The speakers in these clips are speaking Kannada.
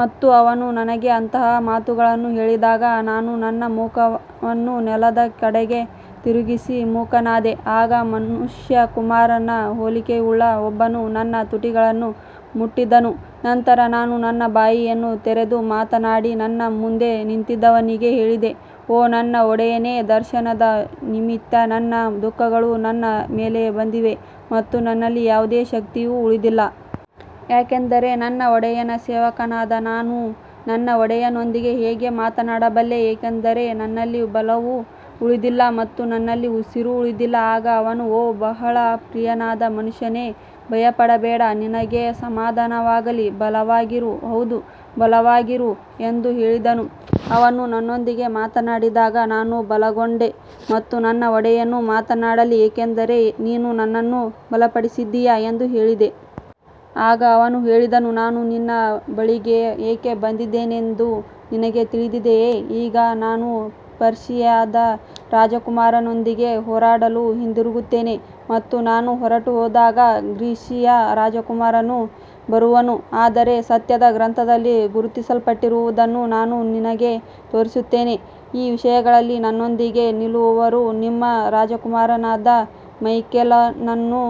ಮತ್ತು ಅವನು ನನಗೆ ಅಂತಹ ಮಾತುಗಳನ್ನು ಹೇಳಿದಾಗ ನಾನು ನನ್ನ ಮುಖವನ್ನು ನೆಲದ ಕಡೆಗೆ ತಿರುಗಿಸಿ ಮೂಕನಾದೆ. ಆಗ ಮನುಷ್ಯಕುಮಾರನ ಹೋಲಿಕೆಯುಳ್ಳ ಒಬ್ಬನು ನನ್ನ ತುಟಿಗಳನ್ನು ಮುಟ್ಟಿದನು. ನಂತರ ನಾನು ನನ್ನ ಬಾಯಿಯನ್ನು ತೆರೆದು ಮಾತನಾಡಿ ನನ್ನ ಮುಂದೆ ನಿಂತಿದ್ದವನಿಗೆ ಹೇಳಿದೆ, ಓ ನನ್ನ ಒಡೆಯನೇ, ದರ್ಶನದ ನಿಮಿತ್ತ ನನ್ನ ದುಃಖಗಳು ನನ್ನ ಮೇಲೆ ಬಂದಿವೆ ಮತ್ತು ನನ್ನಲ್ಲಿ ಯಾವುದೇ ಶಕ್ತಿಯೂ ಉಳಿದಿಲ್ಲ. ಯಾಕಂದರೆ ನನ್ನ ಒಡೆಯನ ಸೇವಕನಾದ ನಾನು ನನ್ನ ಒಡೆಯನೊಂದಿಗೆ ಹೇಗೆ ಮಾತನಾಡಬಲ್ಲೆ, ಏಕೆಂದರೆ ನನ್ನಲ್ಲಿ ಬಲವು ಉಳಿದಿಲ್ಲ ಮತ್ತು ನನ್ನಲ್ಲಿ ಉಸಿರೂ ಉಳಿದಿಲ್ಲ. ಆಗ ಅವನು, ಓ ಬಹಳ ಪ್ರಿಯನಾದ ಮನುಷ್ಯನೇ, ಭಯಪಡಬೇಡ, ನಿನಗೆ ಸಮಾಧಾನವಾಗಲಿ, ಬಲವಾಗಿರು, ಹೌದು, ಬಲವಾಗಿರು ಎಂದು ಹೇಳಿದನು. ಅವನು ನನ್ನೊಂದಿಗೆ ಮಾತನಾಡಿದಾಗ ನಾನು ಬಲಗೊಂಡೆ ಮತ್ತು ನನ್ನ ಒಡೆಯನು ಮಾತನಾಡಲಿ, ಏಕೆಂದರೆ ನೀನು ನನ್ನನ್ನು ಬಲಪಡಿಸಿದ್ದೀಯ ಎಂದು ಹೇಳಿದೆ. ಆಗ ಅವನು ಹೇಳಿದನು, ನಾನು ನಿನ್ನ ಬಳಿಗೆ ಏಕೆ ಬಂದಿದ್ದೇನೆಂದು ನಿನಗೆ ತಿಳಿದಿದೆಯೇ. ಈಗ ನಾನು ಪರ್ಷಿಯಾದ ರಾಜಕುಮಾರನೊಂದಿಗೆ ಹೋರಾಡಲು ಹಿಂದಿರುಗುತ್ತೇನೆ ಮತ್ತು ನಾನು ಹೊರಟುಹೋದಾಗ ಗ್ರೀಸಿಯ ರಾಜಕುಮಾರನು ಬರುವನು. ಆದರೆ ಸತ್ಯದ ಗ್ರಂಥದಲ್ಲಿ ಗುರುತಿಸಲ್ಪಟ್ಟಿರುವುದನ್ನು ನಾನು ನಿನಗೆ ತೋರಿಸುತ್ತೇನೆ. ಈ ವಿಷಯಗಳಲ್ಲಿ ನನ್ನೊಂದಿಗೆ ನಿಲ್ಲುವವರು ನಿಮ್ಮ ರಾಜಕುಮಾರನಾದ ಮೈಕೆಲನನ್ನು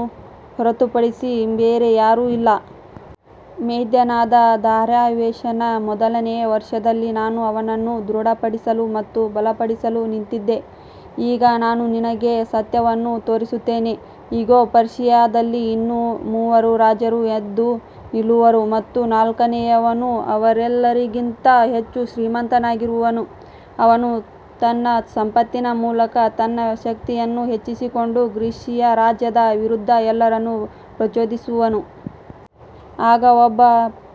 ಹೊರತುಪಡಿಸಿ ಬೇರೆ ಯಾರೂ ಇಲ್ಲ. ಮೇದ್ಯನಾದ ದಾರ್ಯಾವೆಷನ ಮೊದಲನೆಯ ವರ್ಷದಲ್ಲಿ ನಾನು ಅವನನ್ನು ದೃಢಪಡಿಸಲು ಮತ್ತು ಬಲಪಡಿಸಲು ನಿಂತಿದ್ದೆ. ಈಗ ನಾನು ನಿನಗೆ ಸತ್ಯವನ್ನು ತೋರಿಸುತ್ತೇನೆ. ಇಗೋ, ಪರ್ಷಿಯಾದಲ್ಲಿ ಇನ್ನೂ ಮೂವರು ರಾಜರು ಎದ್ದು ನಿಲ್ಲುವರು ಮತ್ತು ನಾಲ್ಕನೆಯವನು ಅವರೆಲ್ಲರಿಗಿಂತ ಹೆಚ್ಚು ಶ್ರೀಮಂತನಾಗಿರುವನು. ಅವನು ತನ್ನ ಸಂಪತ್ತಿನ ಮೂಲಕ ತನ್ನ ಶಕ್ತಿಯನ್ನು ಹೆಚ್ಚಿಸಿಕೊಂಡು ಗ್ರೀಸಿಯ ರಾಜ್ಯದ ವಿರುದ್ಧ ಎಲ್ಲರನ್ನೂ ಪ್ರಚೋದಿಸುವನು. ಆಗ ಒಬ್ಬ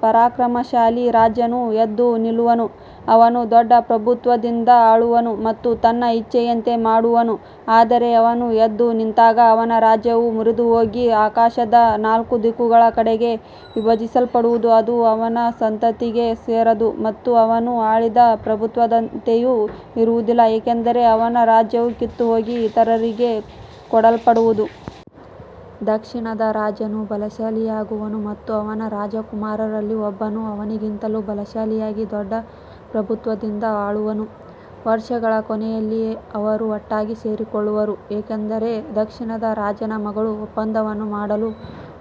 ಪರಾಕ್ರಮಶಾಲಿ ರಾಜನು ಎದ್ದು ನಿಲ್ಲುವನು. ಅವನು ದೊಡ್ಡ ಪ್ರಭುತ್ವದಿಂದ ಆಳುವನು ಮತ್ತು ತನ್ನ ಇಚ್ಛೆಯಂತೆ ಮಾಡುವನು. ಆದರೆ ಅವನು ಎದ್ದು ನಿಂತಾಗ ಅವನ ರಾಜ್ಯವು ಮುರಿದುಹೋಗಿ ಆಕಾಶದ ನಾಲ್ಕು ದಿಕ್ಕುಗಳ ಕಡೆಗೆ ವಿಭಜಿಸಲ್ಪಡುವುದು. ಅದು ಅವನ ಸಂತತಿಗೆ ಸೇರದು ಮತ್ತು ಅವನು ಆಳಿದ ಪ್ರಭುತ್ವದಂತೆಯೂ ಇರುವುದಿಲ್ಲ, ಏಕೆಂದರೆ ಅವನ ರಾಜ್ಯವು ಕಿತ್ತುಹೋಗಿ ಇತರರಿಗೆ ಕೊಡಲ್ಪಡುವುದು. ದಕ್ಷಿಣದ ರಾಜನು ಬಲಶಾಲಿಯಾಗುವನು ಮತ್ತು ಅವನ ರಾಜಕುಮಾರರಲ್ಲಿ ಒಬ್ಬನು ಅವನಿಗಿಂತಲೂ ಬಲಶಾಲಿಯಾಗಿ ದೊಡ್ಡ ಪ್ರಭುತ್ವದಿಂದ ಆಳುವನು. ವರ್ಷಗಳ ಕೊನೆಯಲ್ಲಿ ಅವರು ಒಟ್ಟಾಗಿ ಸೇರಿಕೊಳ್ಳುವರು, ಏಕೆಂದರೆ ದಕ್ಷಿಣದ ರಾಜನ ಮಗಳು ಒಪ್ಪಂದವನ್ನು ಮಾಡಲು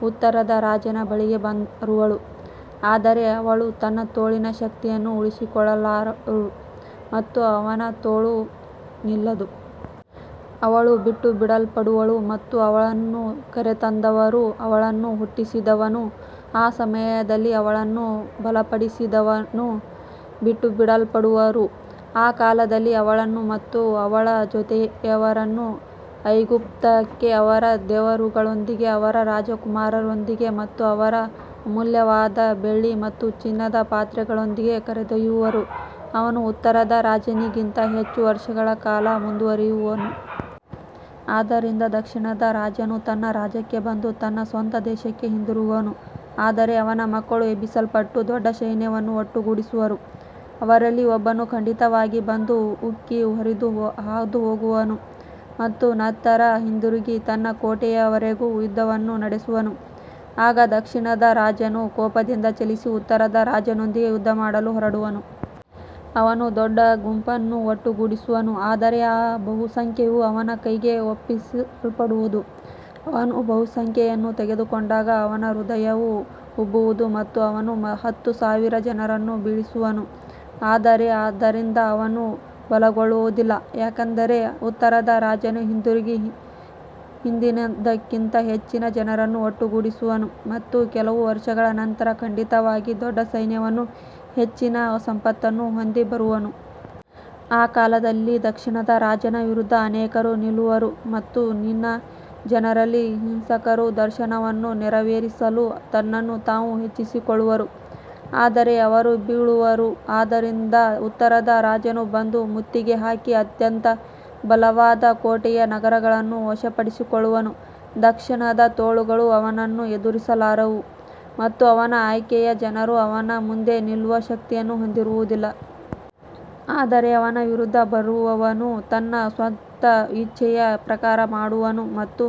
ಉತ್ತರದ ರಾಜನ ಬಳಿಗೆ ಬರುವಳು. ಆದರೆ ಅವಳು ತನ್ನ ತೋಳಿನ ಶಕ್ತಿಯನ್ನು ಉಳಿಸಿಕೊಳ್ಳಲಾರಳು ಮತ್ತು ಅವನ ತೋಳೂ ನಿಲ್ಲದು. ಅವಳು ಬಿಟ್ಟುಬಿಡಲ್ಪಡುವಳು ಮತ್ತು ಅವಳನ್ನು ಕರೆತಂದವರೂ, ಅವಳನ್ನು ಹುಟ್ಟಿಸಿದವನೂ, ಆ ಸಮಯದಲ್ಲಿ ಅವಳನ್ನು ಬಲಪಡಿಸಿದವನೂ ಬಿಟ್ಟುಬಿಡಲ್ಪಡುವರು. ಆ ಕಾಲದಲ್ಲಿ ಅವಳನ್ನು ಮತ್ತು ಅವಳ ಜೊತೆಯವರನ್ನು ಐಗುಪ್ತಕ್ಕೆ ಅವರ ದೇವರುಗಳೊಂದಿಗೆ, ಅವರ ರಾಜಕುಮಾರರೊಂದಿಗೆ ಮತ್ತು ಅವರ ಅಮೂಲ್ಯವಾದ ಬೆಳ್ಳಿ ಮತ್ತು ಚಿನ್ನದ ಪಾತ್ರೆಗಳೊಂದಿಗೆ ಕರೆದೊಯ್ಯುವರು. ಅವನು ಉತ್ತರದ ರಾಜನಿಗಿಂತ ಹೆಚ್ಚು ವರ್ಷಗಳ ಕಾಲ ಮುಂದುವರಿಯುವನು. ಆದ್ದರಿಂದ ದಕ್ಷಿಣದ ರಾಜನು ತನ್ನ ರಾಜ್ಯಕ್ಕೆ ಬಂದು ತನ್ನ ಸ್ವಂತ ದೇಶಕ್ಕೆ ಹಿಂದಿರುಗುವನು. ಆದರೆ ಅವನ ಮಕ್ಕಳು ಎಬ್ಬಿಸಲ್ಪಟ್ಟು ದೊಡ್ಡ ಸೈನ್ಯವನ್ನು ಒಟ್ಟುಗೂಡಿಸುವರು. ಅವರಲ್ಲಿ ಒಬ್ಬನು ಖಂಡಿತವಾಗಿ ಬಂದು ಉಕ್ಕಿ ಹರಿದು ಹಾದುಹೋಗುವನು ಮತ್ತು ನಂತರ ಹಿಂದಿರುಗಿ ತನ್ನ ಕೋಟೆಯವರೆಗೂ ಯುದ್ಧವನ್ನು ನಡೆಸುವನು. ಆಗ ದಕ್ಷಿಣದ ರಾಜನು ಕೋಪದಿಂದ ಚಲಿಸಿ ಉತ್ತರದ ರಾಜನೊಂದಿಗೆ ಯುದ್ಧಮಾಡಲು ಹೊರಡುವನು. ಅವನು ದೊಡ್ಡ ಗುಂಪನ್ನು ಒಟ್ಟುಗೂಡಿಸುವನು, ಆದರೆ ಆ ಬಹುಸಂಖ್ಯೆಯು ಅವನ ಕೈಗೆ ಒಪ್ಪಿಸಲ್ಪಡುವುದು. ಅವನು ಬಹುಸಂಖ್ಯೆಯನ್ನು ತೆಗೆದುಕೊಂಡಾಗ ಅವನ ಹೃದಯವು ಉಬ್ಬುವುದು ಮತ್ತು ಅವನು ಹತ್ತು ಸಾವಿರ ಜನರನ್ನು ಬೀಳಿಸುವನು, ಆದರೆ ಅದರಿಂದ ಅವನು ಬಲಗೊಳ್ಳುವುದಿಲ್ಲ. ಯಾಕಂದರೆ ಉತ್ತರದ ರಾಜನು ಹಿಂದಿರುಗಿ ಹಿಂದಿನದಕ್ಕಿಂತ ಹೆಚ್ಚಿನ ಜನರನ್ನು ಒಟ್ಟುಗೂಡಿಸುವನು ಮತ್ತು ಕೆಲವು ವರ್ಷಗಳ ನಂತರ ಖಂಡಿತವಾಗಿ ದೊಡ್ಡ ಸೈನ್ಯವನ್ನೂ ಹೆಚ್ಚಿನ ಸಂಪತ್ತನ್ನೂ ಹೊಂದಿ ಬರುವನು. ಆ ಕಾಲದಲ್ಲಿ ದಕ್ಷಿಣದ ರಾಜನ ವಿರುದ್ಧ ಅನೇಕರು ನಿಲ್ಲುವರು ಮತ್ತು ನಿನ್ನ ಜನರಲ್ಲಿ ಹಿಂಸಕರು ದರ್ಶನವನ್ನು ನೆರವೇರಿಸಲು ತಮ್ಮನ್ನು ತಾವು ಹೆಚ್ಚಿಸಿಕೊಳ್ಳುವರು, ಆದರೆ ಅವರು ಬೀಳುವರು. ಆದ್ದರಿಂದ ಉತ್ತರದ ರಾಜನು ಬಂದು ಮುತ್ತಿಗೆ ಹಾಕಿ ಅತ್ಯಂತ ಬಲವಾದ ಕೋಟೆಯ ನಗರಗಳನ್ನು ವಶಪಡಿಸಿಕೊಳ್ಳುವನು. ದಕ್ಷಿಣದ ತೋಳುಗಳು ಅವನನ್ನು ಎದುರಿಸಲಾರವು ಮತ್ತು ಅವನ ಆಯ್ಕೆಯ ಜನರೂ ಅವನ ಮುಂದೆ ನಿಲ್ಲುವ ಶಕ್ತಿಯನ್ನು ಹೊಂದಿರುವುದಿಲ್ಲ. ಆದರೆ ಅವನ ವಿರುದ್ಧ ಬರುವವನು ತನ್ನ ಸ್ವಂತ ಇಚ್ಛೆಯ ಪ್ರಕಾರ ಮಾಡುವನು ಮತ್ತು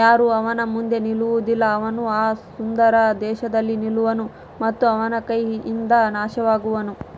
ಯಾರೂ ಅವನ ಮುಂದೆ ನಿಲ್ಲುವುದಿಲ್ಲ. ಅವನು ಆ ಸುಂದರ ದೇಶದಲ್ಲಿ ನಿಲ್ಲುವನು ಮತ್ತು ಅವನ ಕೈಯಿಂದ ನಾಶವಾಗುವನು.